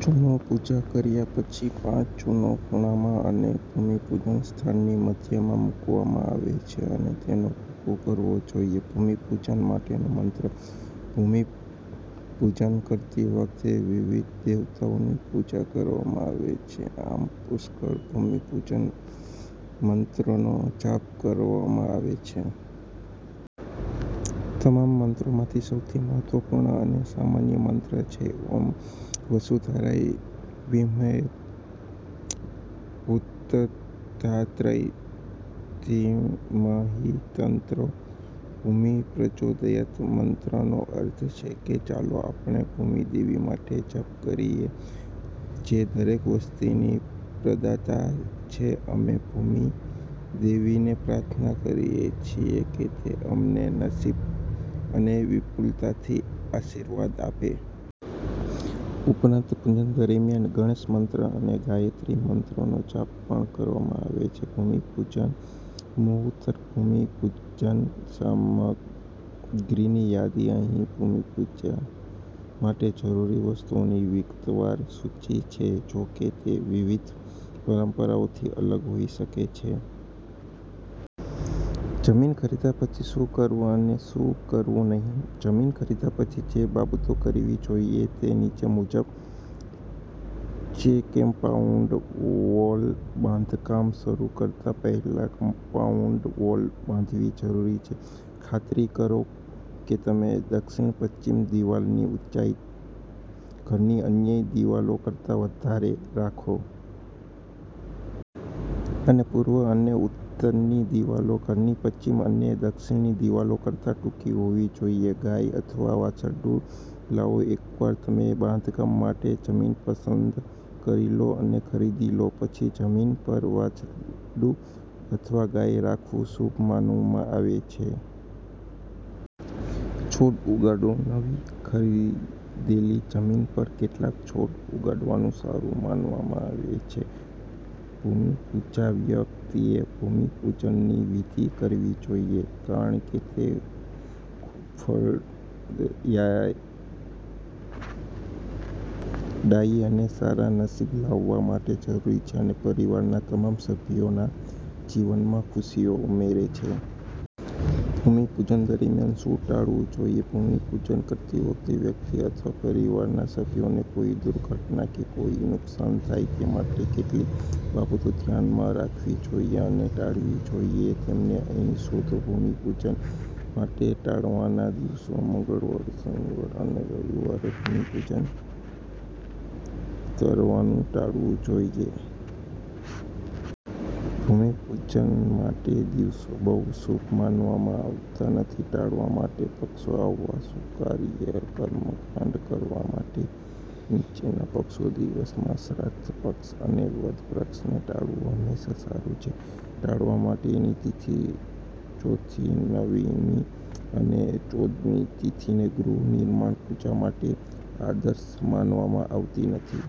ચૂનોપૂજા કર્યા પછી, પાંચ ચૂનો ખૂણામાં અને ભૂમિપૂજન સ્થળની મધ્યમાં મૂકવામાં આવે છે અને તેનો ભૂકો કરવો જોઈએ. ભૂમિપૂજન માટેનો મંત્ર ભૂમિપૂજન કરતી વખતે વિવિધ દેવતાઓની પૂજા કરવામાં આવે છે. આમ, પુષ્કળ ભૂમિ પૂજન મંત્રોનો જાપ કરવામાં આવે છે. તમામ મંત્રોમાંથી, સૌથી મહત્વપૂર્ણ અને સામાન્ય મંત્ર છે, ઓમ વસુંધરાય વિદ્મહે ભૂતધાત્રય ધીમહિ તન્નો ભૂમિહ પ્રચોદયાત્'. મંત્રનો અર્થ છે કે ચાલો આપણે ભૂમિ દેવી માટે જપ કરીએ, જે દરેક વસ્તુની પ્રદાતા છેઅમે ભૂમિ દેવીને પ્રાર્થના કરીએ છીએ કે તે અમને નસીબ અને વિપુલતાથી આશીર્વાદ આપે. ઉપરાંત પૂજન દરમિયાન ગણેશ મંત્ર અને ગાયત્રી મંત્રનો જાપ પણ કરવામાં આવે છે. ભૂમિ પૂજન મુહૂર્તભૂમિ પૂજન સામગ્રીની યાદી. અહીં ભૂમિપૂજા માટે જરૂરી વસ્તુઓની વિગતવાર સૂચિ છે. જો કે, તે વિવિધ પરંપરાઓથી અલગ હોઈ શકે છે. જમીન ખરીદ્યા પછી શું કરવું અને શું કરવું નહીં જમીન ખરીદ્યા પછી જે બાબતો કરવી જોઈએ તે નીચે મુજબ છેકમ્પાઉન્ડ વોલબાંધકામ શરૂ કરતા પહેલા કમ્પાઉન્ડ વોલ બાંધવી જરૂરી છે. ખાતરી કરો કે તમે દક્ષિણ-પશ્ચિમ દિવાલની ઊંચાઈ ઘરની અન્ય દિવાલો કરતા વધારે રાખો. અને પૂર્વ અને ઉત્તરની દિવાલો ઘરની પશ્ચિમ અને દક્ષિણની દિવાલો કરતા ટૂંકી હોવી જોઈએ. ગાય અથવા વાછરડું લાવોએકવાર તમે બાંધકામ માટે જમીન પસંદ કરી લો અને ખરીદી લો, પછી જમીન પર વાછરડું અથવા ગાય રાખવું શુભ માનવામાં આવે છે. છોડ ઉગાડોનવી ખરીદેલી જમીન પર કેટલાક છોડ ઉગાડવાનું સારું માનવામાં આવે છે. ભૂમિપૂજાવ્યક્તિએ ભૂમિપૂજનની વિધિ કરવી જોઈએ કારણ કે તે ખૂબફળદાયી અને સારા નસીબ લાવવા માટે જરૂરી છે અને પરિવારના તમામ સભ્યોના જીવનમાં ખુશીઓ ઉમેરે છે. ભૂમિપૂજન દરમિયાન શું ટાળવું જોઈએ ભૂમિપૂજન કરતી વખતે વ્યક્તિએ અથવા પરિવારના સભ્યોને કોઈ દુર્ઘટના કે કોઈ નુકસાનથાય તે માટે કેટલીક બાબતો ધ્યાનમાં રાખવી જોઈએ અને ટાળવી જોઈએ. તેમને અહીં શોધોભૂમિપૂજન માટે ટાળવાના દિવસોઃ મંગળવાર, શનિવાર અને રવિવારે ભૂમિપૂજન કરવાનું ટાળવું જોઈએ. ભૂમિપૂજન માટેદિવસો બહુ શુભ માનવામાં આવતા નથી. ટાળવા માટેના પક્ષો આવા શુભ કર્મકાંડ કરવા માટે નીચેના પક્ષો દિવસમાં શ્રાદ્ધ પક્ષ અને વદ પક્ષને ટાળવું હંમેશા સારું છે. ટાળવા માટેની તિથિ: ચોથી, નવમી અને ચૌદમી તિથિને ગૃહ નિર્માણ પૂજા માટે આદર્શ માનવામાં આવતી નથી.